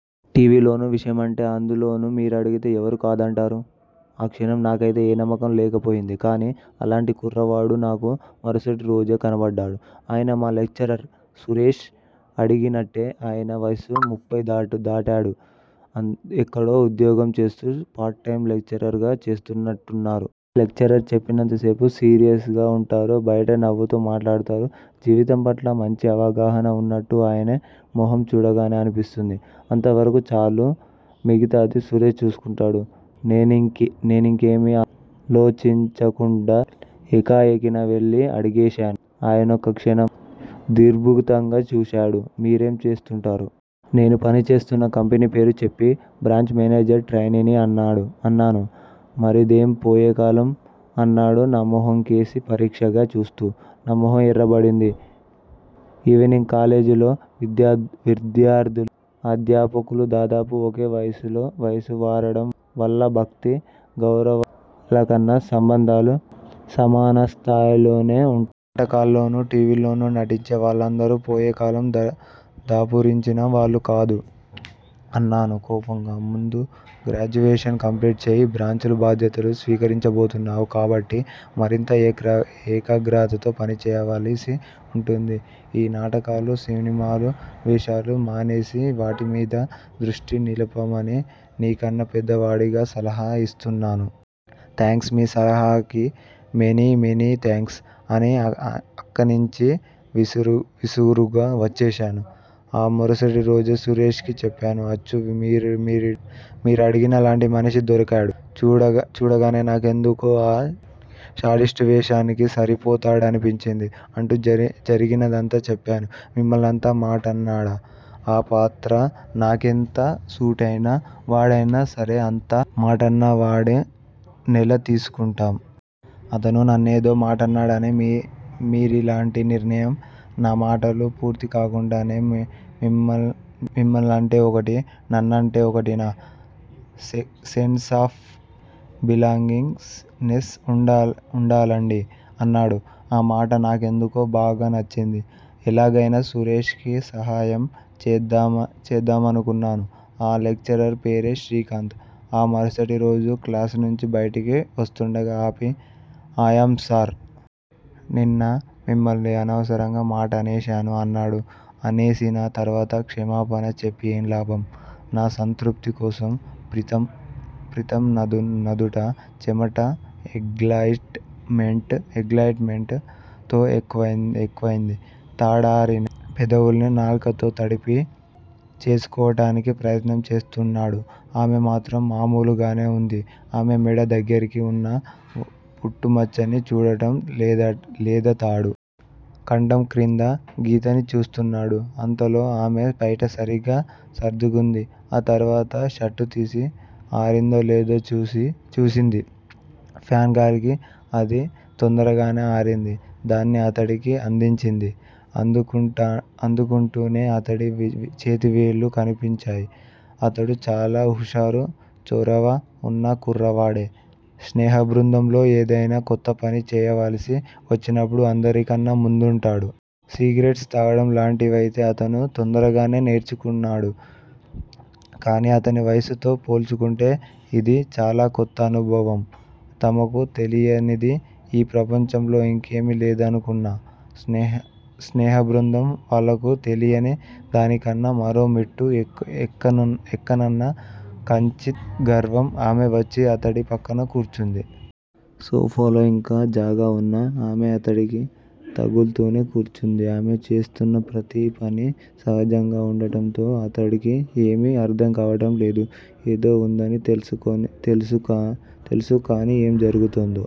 Tea. V. లో వేషమంటే- అందులోనూ మీరడిగితే ఎవరు కాదంటారు? ఆ క్షణం నాకైతే ఏ నమ్మకం లేకపోయింది కానీ అలాంటి కుర్రవాడు నాకు మరుసటిరోజే కనబడ్డాడు. ఆయన మా లెక్చరర్. సురేష్ అడిగినట్టే ఆయన వయస్సు ముప్పై దాటదు. ఎక్కడో ఉద్యోగం చేస్తూ పార్ట్ టైమ్ లెక్చరర్ గా చేస్తున్నట్టున్నారు. లెక్చర్ చెప్పినంతసేపూ సీరియస్ గా వుంటారు. బయట నవ్వుతూ మాట్లాడతారు. జీవితం పట్ల మంచి అవగాహన వున్నట్టు ఆయన మొహం చూడగానే అనిపిస్తూంది. అంతవరకూ చాలు. మిగతాది సురేష్ చూసుకుంటాడు. నేనింకేమీ ఆలోచించకుండా ఎకాఎకిన వెళ్ళి అడిగేశాను. ఆయనొక క్షణం దిగ్భ్రాంతిగా చూశాడు. మీరేం చేస్తుంటారు? నేను పనిచేస్తున్న కంపెనీ పేరు చెప్పి, బ్రాంచ్ మేనేజర్ ట్రైనీని అన్నాను. మరిదేం పోయేకాలం? అన్నాడు నా మొహంకేసి పరీక్షగా చూస్తూ. నా మొహం ఎర్రబారింది. ఈవెనింగ్ కాలేజీలో విద్యార్థులూ, అధ్యాపకులూ దాదాపు ఒకే వయసు వారవడం వల్ల భక్తి, గౌరవాలకన్నా సంబంధాలు సమానస్థాయిలోనే వుంటాయి. నాటకాల్లోనూ, టీవీల్లోనూ నటించే వాళ్ళందరూ పోయేకాలం దాపురించిన వాళ్ళు కాదు! అన్నాను కోపంగా. ముందు గ్రాడ్యుయేషన్ కంప్లీట్ చెయ్యి. బ్రాంచ్ బాధ్యతలు స్వీకరించబోతున్నావు కాబట్టి మరింత ఏకాగ్రతతో పనిచేయవలసి వుంటుంది. ఈ నాటకాలు, సినిమాల వేషాలు మానేసి వాటిమీద దృష్టి నిలపమని నీకన్నా పెద్దవాడిగా సలహా యిస్తున్నాను! థాంక్స్! మీ సలహాకి మెనీ మెనీ థాంక్స్! అని అక్కణ్ణించి విసురుగా వచ్చేశాను. ఆ మరుసటిరోజు సురేష్ కి చెప్పాను- అచ్చు మీరడిగినలాంటి మనిషి దొరికాడు. చూడగనే నాకెందుకో ఆ శాడిస్టువేషానికి సరిపోతాడనిపించింది! అంటూ జరిగినదంతా చెప్పాను. మిమ్మల్నంత మాటన్నాడా! ఆ పాత్ర నాకెంత సూటైన వాడైనా సరే అంత మాటన్నవాడి నెలా తీసుకుంటాం? అతను నన్నేదో మాటన్నాడని మీరిలాంటి నిర్ణయం నా మాటలు పూర్తికాకుండానే, మిమ్మల్నంటే ఒకటీ, నన్నంటే ఒకటీనా? సెన్స్ ఆఫ్ బిలాంగింగ్ నెస్ వుండాలండీ! అన్నాడు. ఆ మాట నాకెందుకో బాగా నచ్చింది. ఎలాగైనా సురేష్ కి సహాయం చేద్దామనుకున్నాను. ఆ లెక్చరర్ పేరే శ్రీకాంత్. ఆ మరుసటిరోజు క్లాసునుంచి బయటికి వస్తూండగా ఆపి, అయామ్ సారీ! నిన్న మిమ్మల్ని అనవసరంగా మాటనేశాను! అన్నాడు. అనేసిన తర్వాత క్షమాపణ చెప్పి ఏం లాభం? నా సంతృప్తి కోసం. ప్రీతమ్ నుదుట చెమట ఎగ్లయిట్ మెంట్ తో ఎక్కువైంది. తడారిన పెదవుల్ని నాలుకతో తడి చేసుకోవటానికి ప్రయత్నం చేస్తున్నాడు. ఆమె మాత్రం మామూలుగానే వుంది. ఆమె మెడ దగ్గిర వున్న పుట్టుమచ్చని చూడటం లేదతడు. కంఠం క్రింద గీతని చూస్తున్నాడు. అంతలో ఆమె పైట సరిగ్గా సర్దుకుంది. ఆ తరువాత షర్టుతీసి ఆరిందోలేదో చూసింది. ఫాన్ గాలికి అది తొందరగానే ఆరింది. దాన్ని అతడికి అందించింది. అందుకుంటూంటే అతడి చేతివేళ్ళు కంపించాయి. అతడు చాలా హుషారు, చొరవ వున్న కుర్రవాడే. స్నేహబృందంలో ఏదైనా కొత్త పని చేయవలసి వచ్చినప్పుడు అందరికన్నా ముందుంటాడు. సిగరెట్స్ తాగటం లాటివైతే అతను తొందరగానే నేర్చుకున్నాడు. కానీ అతని వయస్సుతో పోల్చుకుంటే ఇది చాలా కొత్త అనుభవం. తమకు తెలియనిది ఈ ప్రపంచంలో ఇంకేమీ లేదనుకున్న స్నేహబృందం- వాళ్ళకు తెలియని దానికన్నా మరోమెట్టు ఎక్కానన్న కించిత్ గర్వం. ఆమె వచ్చి అతడి పక్కన కూర్చుంది. సోఫాలో ఇంకా జాగా వున్నా, ఆమె అతడికి తగుల్తూనే కూర్చుంది. ఆమె చేస్తున్న ప్రతీ పని సహజంగా వుండటంతో అతడికి ఏమీ అర్థంకావడంలేదు. ఏదో వుందని తెలుసు-కానీ ఏం జరుగుతూందో